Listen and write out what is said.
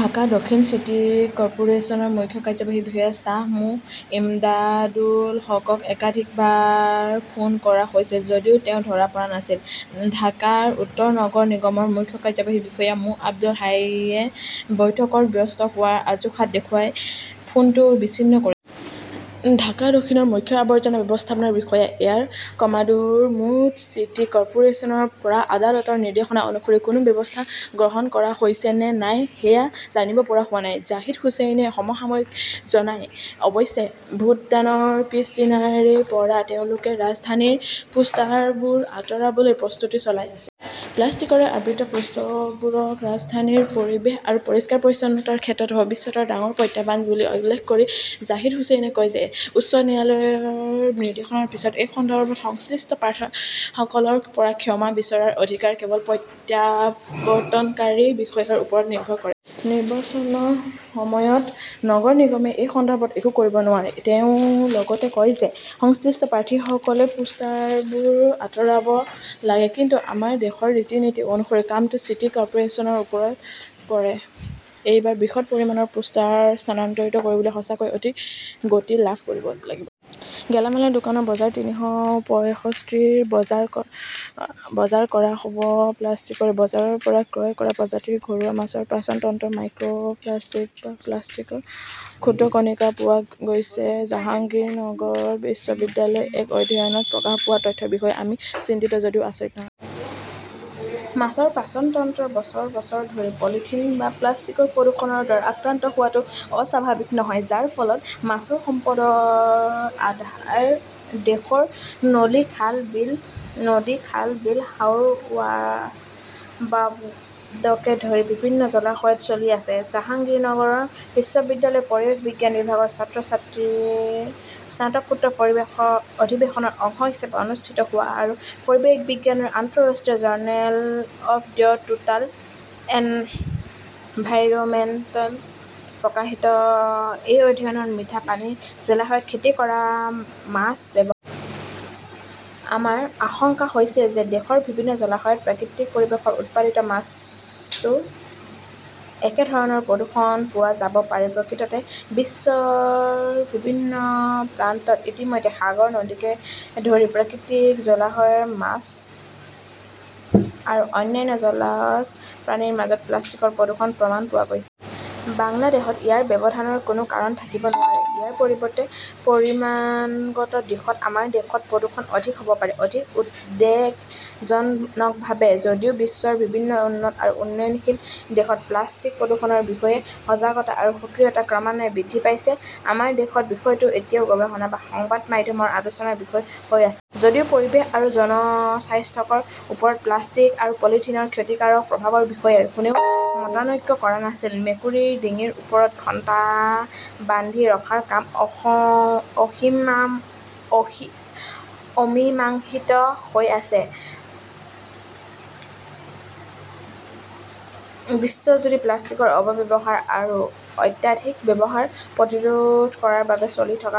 ঢাকা দক্ষিণ চিটি কৰ্পোৰেচনৰ মুখ্য কাৰ্যবাহী বিষয়া শ্বাহ মো. ইমদাদুল হকক একাধিকবাৰ ফোন কৰা হৈছিল যদিও তেওঁ ধৰা পৰা নাছিল। ঢাকা উত্তৰ নগৰ নিগমৰ মুখ্য কাৰ্যবাহী বিষয়া মো. আব্দুল হাইয়ে বৈঠকত ব্যস্ত হোৱাৰ অজুহাত দেখুৱাই ফোনটো বিচ্ছিন্ন কৰিছিল। ঢাকা দক্ষিণৰ মুখ্য আৱৰ্জনা ব্যৱস্থাপনা বিষয়া এয়াৰ কমাডোৰ মো. চিটি কৰ্পোৰেচনৰ পৰা আদালতৰ নিৰ্দেশনা অনুসৰি কোনো ব্যৱস্থা গ্ৰহণ কৰা হৈছে নে নাই সেয়া জানিব পৰা হোৱা নাই, জাহিদ হুচেইনে সমসাময়িকক জনায়। অৱশ্যে, ভোটদানৰ পিছদিনাৰে পৰা তেওঁলোকে ৰাজধানীৰ পোষ্টাৰবোৰ আঁতৰাবলৈ প্ৰস্তুতি চলাই আছে। প্লাষ্টিকৰে আবৃত পোষ্টৰবোৰক ৰাজধানীৰ পৰিৱেশ আৰু পৰিষ্কাৰ-পৰিচ্ছন্নতাৰ ক্ষেত্ৰত ভৱিষ্যতৰ ডাঙৰ প্ৰত্যাহ্বান বুলি উল্লেখ কৰি জাহিদ হুচেইনে কয় যে উচ্চ ন্যায়ালয়ৰ নিৰ্দেশৰ পিছত এই সন্দৰ্ভত সংশ্লিষ্ট প্ৰাৰ্থীসকলৰ পৰা ক্ষমা বিচৰাৰ অধিকাৰ কেৱল প্ৰত্যাৱৰ্তনকাৰী বিষয়াৰ ওপৰত নিৰ্ভৰ কৰে। নিৰ্বাচনৰ সময়ত নগৰ নিগমে এই সন্দৰ্ভত একো কৰিব নোৱাৰে। তেওঁ লগতে কয় যে সংশ্লিষ্ট প্ৰাৰ্থীসকলে পোষ্টাৰবোৰ আঁতৰাব লাগে; কিন্তু আমাৰ দেশৰ ৰীতি-নীতি অনুসৰি কামটো চিটি কৰ্পোৰেচনৰ ওপৰত পৰে। এইবাৰ বৃহৎ পৰিমাণৰ পোষ্টাৰ স্থানান্তৰিত কৰিবলৈ সঁচাকৈয়ে গতি লাভ কৰিব লাগিব। গেলামালৰ দোকান বজাৰ তিনিশ পয়ষষ্ঠি ত বজাৰ কৰা হ'ব প্লাষ্টিকৰে! বজাৰৰ পৰা ক্ৰয় কৰা প্ৰজাতিৰ ঘৰুৱা মাছৰ পাচন তন্ত্ৰ "মাইক্ৰপ্লাষ্টিক" বা প্লাষ্টিকৰ ক্ষুদ্ৰ কণিকা পোৱা গৈছে-জাহাংগীৰনগৰ বিশ্ববিদ্যালয়ৰ এক অধ্যয়নত প্ৰকাশ পোৱা তথ্যৰ বিষয়ে আমি চিন্তিত যদিও আচৰিত নহয়। মাছৰ পাচন তন্ত্ৰ বছৰ বছৰ ধৰি পলিথিন বা প্লাষ্টিকৰ প্ৰদূষণৰ দ্বাৰা আক্ৰান্ত হোৱাটো অস্বাভাৱিক নহয়, যাৰ ফলত মাছৰ সম্পদৰ আধাৰ দেশৰ নদী, খাল-বিল, হাওৰ-বাৱডকে ধৰি বিভিন্ন জলাশয়ত চলি আছে। জাহাংগীৰনগৰ বিশ্ববিদ্যালয়ৰ পৰিৱেশ বিজ্ঞান বিভাগৰ ছাত্ৰ-ছাত্ৰীৰ স্নাতকোত্তৰ অধিৱেশনৰ অংশ হিচাপে অনুষ্ঠিত হোৱা আৰু পৰিৱেশ বিজ্ঞানৰ আন্তঃৰাষ্ট্ৰীয় জাৰ্নেল অৱ দ্য টোটাল এনভাইৰনমেণ্টত প্ৰকাশিত এই অধ্যয়নত মিঠা পানীৰ জলাশয়ত খেতি কৰা মাছ ব্যৱহাৰ কৰা হৈছে। আমাৰ আশংকা হৈছে যে দেশৰ বিভিন্ন জলাশয়ত প্ৰাকৃতিক পৰিৱেশত উৎপাদিত মাছতো একে ধৰণৰ প্ৰদূষণ পোৱা যাব পাৰে। প্ৰকৃততে, বিশ্বৰ বিভিন্ন প্ৰান্তত ইতিমধ্যে সাগৰ, নদীকে ধৰি প্ৰাকৃতিক জলাশয়ৰ মাছ আৰু অন্যান্য জলজ প্ৰাণীৰ মাজত প্লাষ্টিকৰ প্ৰদূষণৰ প্ৰমাণ পোৱা গৈছে। বাংলাদেশত ইয়াৰ ব্যৱধানৰ কোনো কাৰণ থাকিব নোৱাৰে। ইয়াৰ পৰিৱৰ্তে পৰিমাণগত দিশত আমাৰ দেশত প্ৰদূষণ অধিক হ’ব পাৰে। অধিক উদ্বেগজনকভাৱে, যদিও বিশ্বৰ বিভিন্ন উন্নত আৰু উন্নয়নশীল দেশত প্লাষ্টিক প্ৰদূষণৰ বিষয়ে সজাগতা আৰু সক্ৰিয়তা ক্ৰমান্বয়ে বৃদ্ধি পাইছে, আমাৰ দেশত বিষয়টো এতিয়াও গৱেষণা বা সংবাদ মাধ্যমৰ আলোচনাৰ বিষয় হৈ আছে। যদিও পৰিৱেশ আৰু জনস্বাস্থ্যৰ ওপৰত প্লাষ্টিক আৰু পলিথিনৰ ক্ষতিকাৰক প্ৰভাৱৰ বিষয়ে কোনেও মতানৈক্য কৰা নাছিল, মেকুৰীৰ ডিঙিৰ ওপৰত ঘণ্টা বান্ধি ৰখাৰ কাম অসম অসীমাম অমীমাংসিত হৈ আছে। বিশ্বজুৰি প্লাষ্টিকৰ অপব্যৱহাৰ আৰু অত্যাধিক ব্যৱহাৰ প্ৰতিৰোধ কৰাৰ বাবে চলি থকা